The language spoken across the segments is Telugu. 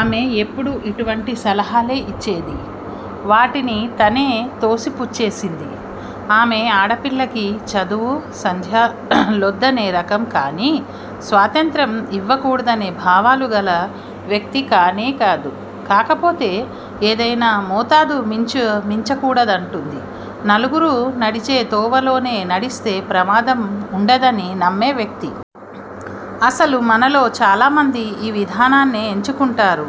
ఆమె ఎప్పుడూ ఇటువంటి సలహాలే ఇచ్చేది. వాటిని తనే తోసి పుచ్చేసింది. ఆమె ఆడపిల్లకి చదువు సంధ్య లొద్దనే రకం కానీ, స్వాతంత్ర్యం ఇవ్వకూడదనే భావాలు గల వ్యక్తి గానీ కాదు! కాకపోతే, ఏదైనా మోతాదు మించకూడదంటుంది. నలుగురూ నడిచే తోవలోనే నడిస్తే, ప్రమాదం వుండదని నమ్మే వ్యక్తి! అసలు మనలో చాలామంది, ఈ విధానాన్నే ఎంచుకుంటారు!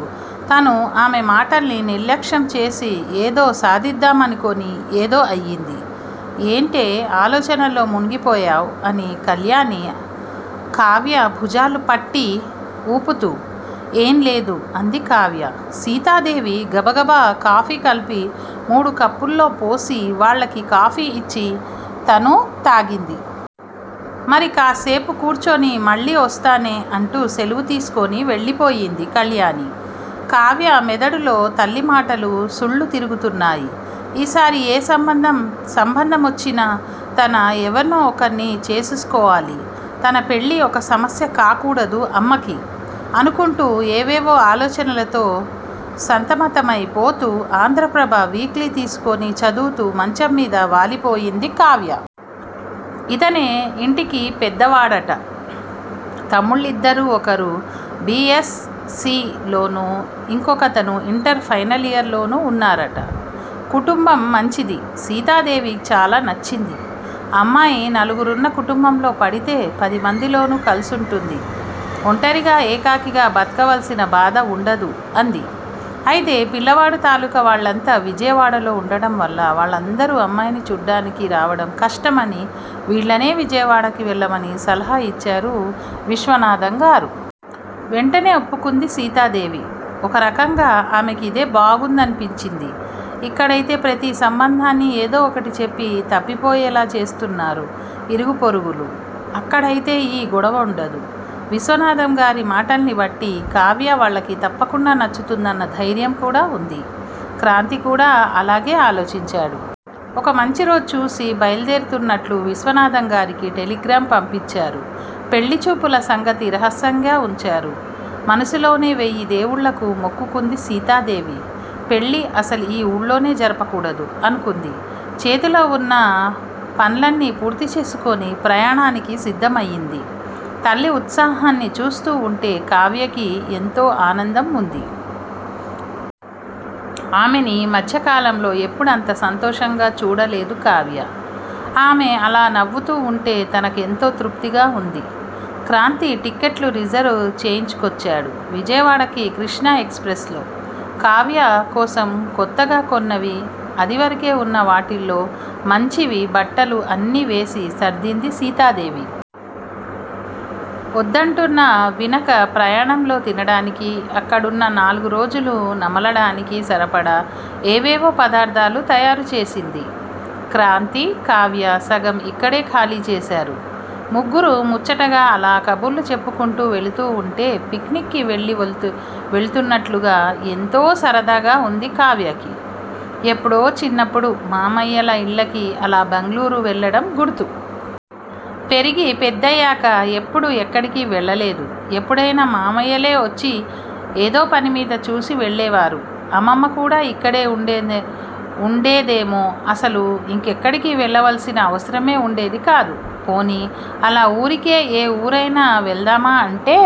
తను ఆమె మాటల్ని నిర్లక్ష్యంచేసి, ఏదో సాదిద్దామనుకుని ఏదో అయింది. ' ఏంటే, ఆలోచనల్లో మునిగిపోయావ్? అది కళ్యాణి, కావ్య భుజాలుపట్టి ఊపుతూ. ఏం లేదు. అంది కావ్య! సీతాదేవి గబగబ కాఫీ కలిపి మూడు కప్పుల్లో పోసి, వాళ్ళకి కాఫీ ఇచ్చి తనూ తాగింది. మరి కాస్సేపు కూర్చుని, మళ్ళీ ఒస్తానే అంటూ సెలవు తీసుకుని వెళ్ళిపోయింది కళ్యాణి. కావ్య మెదడులో తల్లి మాటలు సుళ్ళు తిరుగుతున్నాయ్. ఈసారి ఏ సంబంధం మొచ్చినా, తన ఎవరినో ఒకరిని చేసేసుకోవాలి! తన పెళ్ళి ఒక సమస్య కాకూడదు అమ్మకి! అనుకుంటూ ఏవేవో ఆలోచనలతో సతమతమై పోతూ, ఆంధ్రప్రభ వీక్లీ తీసుకుని చదువుతూ మంచంమీద వాలిపోయింది కావ్య! ఇతనే ఇంటికి పెద్దవాడట. తమ్ముళ్ళిద్దరూ ఒకరు, బి. ఎస్. సి. లోనూ ఇంకోతను ఇంటర్ ఫైనలియర్ లోనూ వున్నారట. కుటుంబం మంచిది. సీతాదేవికి చాలా నచ్చింది. అమ్మాయి నలుగురున్న కుటుంబంలో పడితే, పదిమందిలోనూ కలిసుంటుంది. ఒంటరిగా ఏకాకిగా బతకవలసిన బాధ వుండదు అంది. అయితే పిల్లవాడు తాలూక వాళ్లంతా విజయవాడలో ఉండడంవల్ల వాళ్ళందరూ అమ్మాయిని చూడ్డానికి రావడం కష్టమని వీళ్ళనే విజయవాడకి వెళ్ళమని సలహా ఇచ్చారు విశ్వనాధంగారు. వెంటనే ఒప్పుకుంది సీతాదేవి. ఒకరకంగా ఆమెకి ఇదే బాగుందనిపించింది. ఇక్కడయితే ప్రతీ సంబంధాన్నీ ఏదో ఒకటి చెప్పి తప్పిపోయేలా చేస్తున్నారు ఇరుగు పొరుగులు. అక్కడయితే ఈ గొడవుండదు. విశ్వనాథంగారి మాటల్నిబట్టి, కావ్య వాళ్లకి తప్పకుండా నచ్చుతుందన్న ధైర్యం కూడా వుంది. క్రాంతి కూడా అలాగే ఆలోచించాడు. ఒక మంచి రోజు చూసి బయలుదేరుతూన్నట్టు విశ్వనాథంగారికి టెలిగ్రాం పంపించారు. పెళ్ళి చూపుల సంగతి రహస్యంగా వుంచారు. మనసులోనే వెయ్యి దేవుళ్ళకి మొక్కుకుంది సీతాదేవి! పెళ్ళి అసలు ఈ ఊళ్లోనే జరపకూడదు, అనుకుంది. చేతిలో వున్న పన్లన్నీ పూర్తిచేసుకుని ప్రయాణానికి సిద్ధమైంది. తల్లి ఉత్సాహాన్ని చూస్తూ వుంటే కావ్యకి, ఎంతో ఆనందంగా వుంది. ఆమెని ఈ మధ్య కాలంలో ఎప్పుడూ అంత సంతోషంగా చూడలేదు కావ్య! ఆమె అలా నవ్వుతూ వుంటే తన కెంతో తృప్తిగా వుంది. క్రాంతి టిక్కెట్లు రిజర్వు చేయించుకొచ్చాడు. విజయవాడకి కృష్ణా ఎక్స్ ప్రెస్! కావ్య కోసం కొత్తగా కొన్నవీ, అదివరకే వున్న వాటిల్లో మంచివీ బట్టలు అన్నీ వేసి సర్దింది సీతాదేవి. ఒద్దంటున్నా వినక ప్రయాణంలో తినడానికీ, అక్కడున్న నాలుగురోజులూ నమలడానికి సరిపడా ఏవేవో పదార్ధాలు తయారుచేసింది. క్రాంతీ, కావ్యా సగం ఇక్కడే ఖాళీ చేసారు. ముగ్గురూ ముచ్చటగా అలా కబుర్లు చెప్పుకుంటూ వెళుతూ వుంటే, పిక్నిక్ కి వెళుతూన్నట్టుగా ఎంతో సరదాగా వుంది కావ్య. ఎప్పుడో చిన్నప్పుడు, మామయ్యల ఇళ్లకి అలా బెంగుళూరు వెళ్లడం గుర్తు! పెరిగి పెద్దయ్యాక ఎప్పుడూ ఎక్కడికీ వెళ్లలేదు. ఎప్పుడైనా మామయ్యలే ఒచ్చి ఏదో పనిమీద, చూసి వెళ్ళేవారు. అమ్మమ్మ కూడా ఇక్కడే వుండేదేమో అసలు ఇంకెక్కడికీ వెళ్లవలసిన అవసరమే వుండేది కాదు. పోనీ అలా ఊరికే ఎ ఊరైనా వెళదామా అంటే,